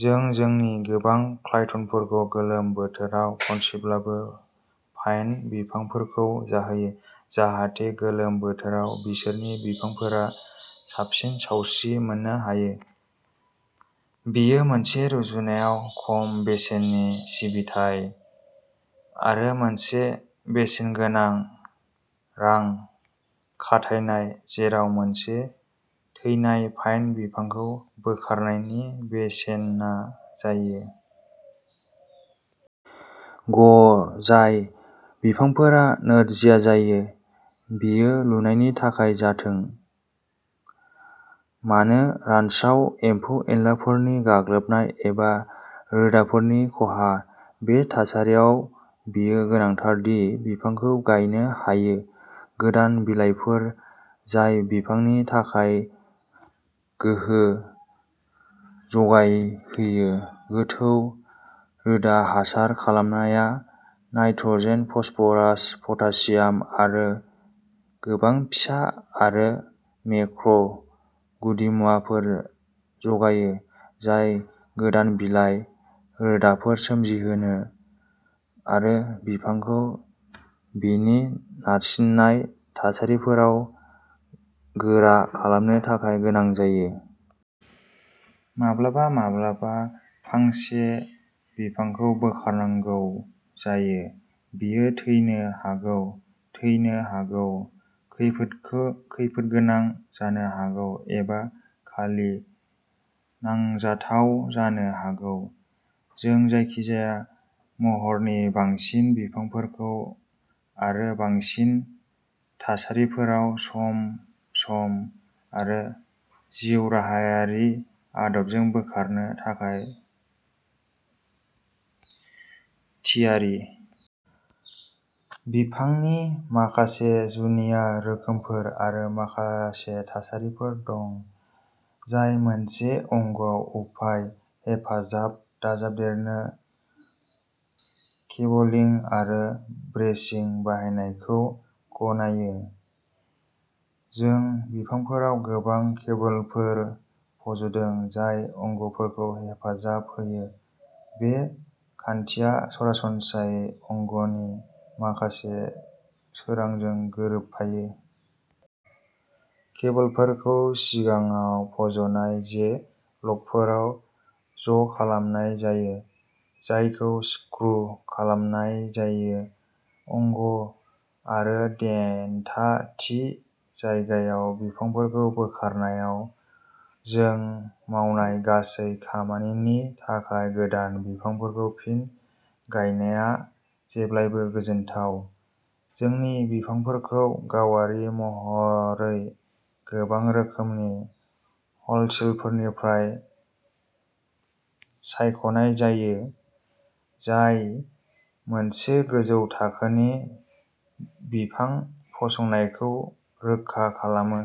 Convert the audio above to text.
जों जोंनि गोबां क्लाइटनफोरखौ गोलोम बोथोराव खेनसेब्लाबो पाइन बिफांफोरखौ जाहैयो जाहाथे गोलोम बोथोराव बिसोरनि बिफांफोरा साबसिन सावस्रि मोननो हायो। बेयो मोनसे रुजुनायाव खम बेसेननि सिबिथाइ आरो मोनसे बेसेनगोनां रां खाथायनाय, जेराव मोनसे थैनाय पाइन बिफांखौ बोखारनायनि बेसेना जायो। ग जाय बिफांफोरा नोरजियाजायो, बेयो लुनायनि थाखाय जाथों मानो, रानस्राव, एम्फौ-एनलाफोरनि गाग्लोबनाय एबा रोदाफोरनि खहा। बे थासारियाव बेयो गोनांथार दि बिफांखौ गाननो हायो। गोदान बिलाइफोर जाय बिफांनि थाखाय गोहो जगायहोयो हायो। गोथौ रोदा हासार खालामनाया नाइट्रजेन, फस्फरास, पटेसियाम आरो गोबां फिसा आरो मेक्रो गुदिमुवाफोर जगायो, जाय गोदान बिलाइ, रोदाफोर सोमजिहोनो आरो बिफांखौ बिनि नारसिननाय थासारिफोराव गोरा खालामनो थाखाय गोनां जायो। माब्लाबा माब्लाबा फांसे बिफांखौ बोखारनांगौ जायो। बेयो थैनो हागौ, थैनो हागौ, खैफोदखो खैफोदगोनां जानो हागौ एबा खालि नांजाथाव जानो हागौ। जों जायखिजाया महरनि बांसिन बिफांफोरखौ आरो बांसिन थासारिफोराव सम-सम आरो जिउराहायारि आदबजों बोखारनो थाखाय थियारि। बिफांनि माखासे जुनिया रोखोमफोर आरो माखासे थासारिफोर दं, जाय मोनसे अंगआव उफ्रा हेफाजाब दाजाबदेरनो केबोलिं आरो ब्रेसिं बाहायनायखौ गनायो। जों बिफांफोराव गोबां केबोलफोर फज'दों, जाय अंगफोरखौ हेफाजाब होयो, बे खान्थिया सरासनस्रायै अंगनि माखासे सोरांजों गोरोबफायो। केबोलफोरखौ सिगाङाव फज'नाय जे लेगफोराव ज'खालामनाय जायो, जायखौ स्क्रुव खालामनाय जायो। अंग आरो देन्था थि जायगायाव। बिफांफोरखौ बोखारनायाव जों मावनाय गासै खामानिनि थाखाय गोदान बिफांफोरखौ फिन गायनाया जेब्लाबो गोजोनथाव। जोंनि बिफांफोरखौ गावारि महरै गोबां रोखोमनि हलसेलफोरनिफ्राय सायख'नाय जायो, जाय मोनसे गोजौ थाखोनि बिफां फसंनायखौ रोखा खालामो।